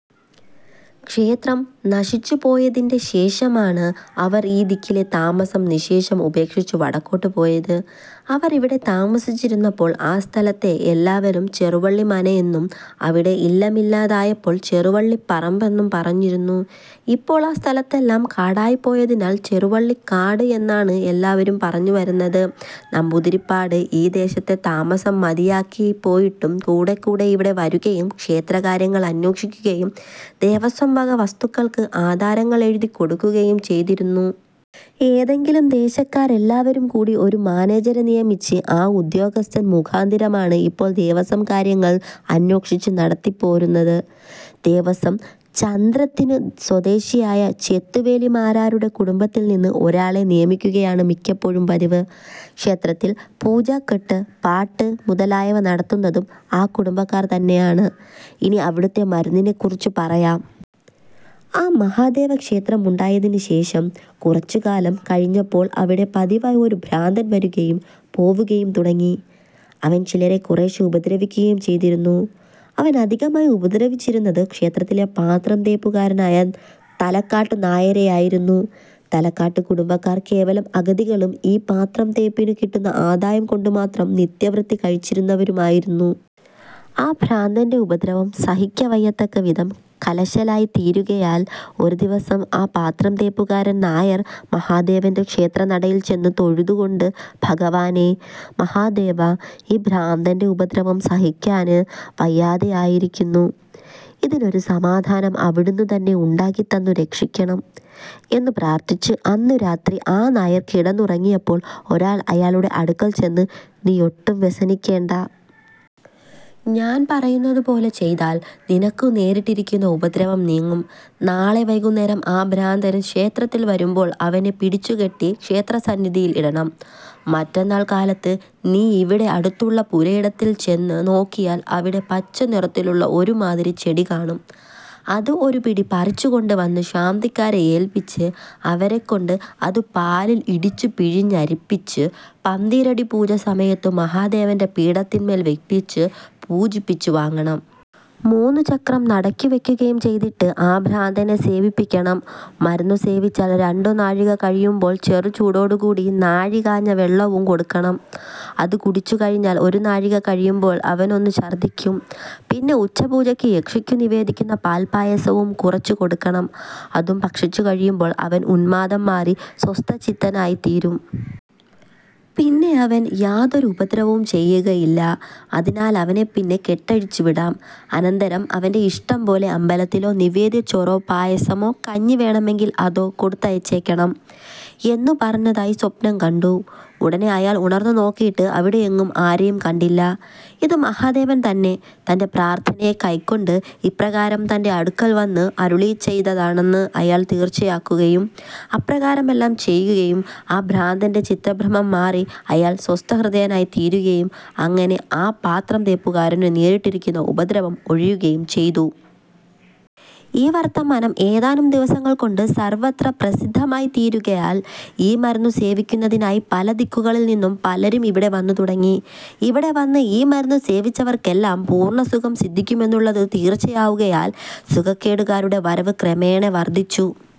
ക്ഷേത്രം നശിച്ചുപോയതിന്റെ ശേഷമാണ് അവർ ഈ ദിക്കിലെത്താമസം നിശ്ശേഷം ഉപേക്ഷിച്ചു വടക്കോട്ടു പോയത്. അവർ ഇവിടെത്താമസിച്ചിരുന്നപ്പോൾ ആ സ്ഥലത്തെ എല്ലാവരും ചെറുവള്ളി മന എന്നും അവിടെ ഇല്ലമില്ലാതെയായപ്പോൾ ചെറുവള്ളിപ്പറമ്പ് എന്നും പറഞ്ഞിരുന്നു. ഇപ്പോൾ ആ സ്ഥലത്തെല്ലാം കാടായിപ്പോയതിനാൽ ചെറുവള്ളിക്കാട് എന്നാണ് എല്ലാവരും പറഞ്ഞുവരുന്നത്. നമ്പൂരിപ്പാട് ഈ ദേശത്തെ താമസം മതിയാക്കിപ്പോയിട്ടും കൂടെക്കൂടെ ഇവിടെ വരികയും ക്ഷേത്രകാര്യങ്ങളന്വേഷിക്കുകയും ദേവസ്വംവക വസ്തുക്കൾക്ക് ആധാരങ്ങൾ എഴുതിക്കൊടുക്കുകയും ചെയ്തിരുന്നു. ഏതെങ്കിലും, ദേശക്കാരെല്ലാവരും കൂടി ഒരു മാനേജരെ നിയമിച്ച് ആ ഉദ്യോഗസ്ഥർ മുഖാന്തിരമാണ് ഇപ്പോൾ ദേവസ്വകാര്യങ്ങൾ അന്വേഷിച്ച് നടത്തിപ്പോരുന്നത്. ദേവസ്വം 'ചന്ത്ര'ത്തിനു സ്വദേശിയായ ചെത്തുവേലി മാരാരുടെ കുടുംബത്തിൽനിന്ന് ഒരാളെ നിയമിക്കുകയാണ് മിക്കപ്പോഴും പതിവ്. ക്ഷേത്രത്തില് പൂജകൊട്ട്, പാട്ട് മുതലായവ നടത്തുന്നതും ആ കുടുംബക്കാർതന്നെയാണ്. ഇനി അവിടത്തെ മരുന്നിനെക്കുറിച്ചു പറയാം. ആ മഹാദേവക്ഷേത്രമുണ്ടായതിന്റെശേഷം കുറച്ചുകാലം കഴിഞ്ഞപ്പോൾ അവിടെ പതിവായി ഒരു ഭ്രാന്തൻ വരികയും പോവുകയും തുടങ്ങി. അവൻ ചിലരെ കുറേശ്ശെ ഉപദ്രവിക്കുകയും ചെയ്തിരുന്നു. അവൻ അധികമായി ഉപദ്രവിച്ചിരുന്നത് ക്ഷേത്രത്തിലെ പാത്രംതേപ്പുകാരനായ തലക്കാട്ടു നായരെയായിരുന്നു. തലക്കാട്ടു കുടുംബക്കാർ കേവലം അഗതികളും ഈ പാത്രംതേപ്പിനു കിട്ടുന്ന ആദായം കൊണ്ടുമാത്രം നിത്യവൃത്തി കഴിച്ചിരുന്നവരുമായിരുന്നു. ആ ഭ്രാന്തന്റെ ഉപദ്രവം സഹിക്കവയ്യാത്തവിധം കലശലായിത്തീരുകയാൽ ഒരു ദിവസം ആ പാത്രംതേപ്പുകാരൻ നായർ മഹാദേവന്റെ ക്ഷേത്രനടയിൽച്ചെന്നു തൊഴുതുംകൊണ്ട് "ഭഗവാനെ! മഹാദേവാ! ഈ ഭ്രാന്തന്റെ ഉപദ്രവം സഹിക്കാന് വയ്യാതെയായിരിക്കുന്നു. ഇതിനൊരു സമാധാനം അവിടുന്നുതന്നെ ഉണ്ടാക്കിത്തന്നു രക്ഷിക്കണം. " എന്നു പ്രാർഥിച്ചു. അന്നു രാത്രി ആ നായർ കിടന്നുറങ്ങിയപ്പോൾ ഒരാൾ അയാളുടെ അടുക്കൽച്ചെന്ന് "നീയൊട്ടും വ്യസനിക്കേണ്ട. ഞാന് പറയുന്നതുപോലെ ചെയ്താൽ നിനക്കുനേരിട്ടിരിക്കുന്ന ഉപദ്രവം നീങ്ങും. നാളെ വൈകുന്നേരം ആ ഭ്രാന്തന് ക്ഷേത്രത്തിൽ വരുമ്പോൾ അവനെ പിടിച്ചുകെട്ടി ക്ഷേത്രസന്നിധിയിൽ ഇടണം. മറ്റന്നാൾ കാലത്ത് നീയിവിടെ അടുത്തുള്ള പുരയിടത്തിൽ ചെന്നു നോക്കിയാൽ അവിടെ പച്ചനിറത്തിലുള്ള ഒരു മാതിരി ചെടി കാണും. അത് ഒരുപിടി പറിച്ചുകൊണ്ടുവന്ന് ശാന്തിക്കാരെ ഏൽപ്പിച്ച് അവരെക്കൊണ്ട് അതു പാലിൽ ഇടിച്ചു പിഴിഞ്ഞരിപ്പിച്ചു പന്തീരടിപ്പൂജസമയത്തു മഹാദേവന്റെ പീഠത്തിന്മേല് വെയ്പിച്ചു പൂജിപ്പിച്ചു വാങ്ങണം. മൂന്നു ചക്രം നടയ്ക്കു വെയ്ക്കുകയും ചെയ്തിട്ട് ആ ഭ്രാന്തനെ സേവിപ്പിക്കണം. മരുന്നു സേവിച്ചാൽ രണ്ടു നാഴിക കഴിയുമ്പോൾ ചെറുചൂടോടുകൂടി നാഴി കാഞ്ഞ വെള്ളവും കൊടുക്കണം. അതു കുടിച്ചുകഴിഞ്ഞാൽ ഒരു നാഴിക കഴിയുമ്പോള് അവനൊന്നു ഛർദ്ദിക്കും. പിന്നെ ഉച്ചപ്പൂജയ്ക്ക് യക്ഷിക്കു നിവേദിക്കുന്ന പാൽപ്പായസവും കുറച്ചു കൊടുക്കണം. അതും ഭക്ഷിച്ചുകഴിയുമ്പോൾ അവൻ ഉന്മാദം മാറി സ്വസ്ഥചിത്തനായിത്തീരും. പിന്നെ അവൻ യാതൊരുപദ്രവവും ചെയ്കയില്ല. അതിനാലവനെപ്പിന്നെ കെട്ടഴിച്ചുവിടാം. അനന്തരം അവന്റെ ഇഷ്ടംപോലെ അമ്പലത്തിലെ നിവേദ്യച്ചോറോ പായസമോ കഞ്ഞി വേണമെങ്കിൽ അതോ കൊടുത്തയച്ചേക്കണം" എന്നു പറഞ്ഞതായി സ്വപ്നം കണ്ടു. ഉടനെ അയാൾ ഉണർന്നു നോക്കീട്ട് അവിടെയെങ്ങും ആരെയും കണ്ടില്ല. ഇതു മഹാദേവൻതന്നെ തന്റെ പ്രാർഥനയെ കൈക്കൊണ്ട് ഇപ്രകാരം തന്റെ അടുക്കൽ വന്ന് അരുളിച്ചെയ്തതാണെന്ന് അയാൾ തീർച്ചയാക്കുകയും അപ്രകാരമെല്ലാം ചെയ്യുകയും ആ ഭ്രാന്തന്റെ ചിത്തഭ്രമം മാറി അയാൾ സ്വസ്ഥഹൃദയനായിത്തീരുകയും അങ്ങനെ ആ പാത്രംതേപ്പുകാരനു നേരിട്ടിരുന്ന ഉപദ്രവം ഒഴിയുകയും ചെയ്തു. ഈ വർത്തമാനം ഏതാനും ദിവസങ്ങൾകൊണ്ടു സർവ്വത്ര പ്രസിദ്ധമായിത്തീരുകയാൽ ഈ മരുന്നു സേവിക്കുന്നതിനായി പല ദിക്കുകളിൽനിന്നും പലരും ഇവിടെ വന്നുതുടങ്ങി. ഇവിടെ വന്ന് ഈ മരുന്ന് സേവിച്ചവർക്കെല്ലാം പൂർണ്ണസുഖം സിദ്ധിക്കുമെന്നുള്ളതു തീർച്ചയാവുകയാൽ സുഖക്കേടുകാരുടെ വരവ് ക്രമേണ വളരെ വർധിച്ചു.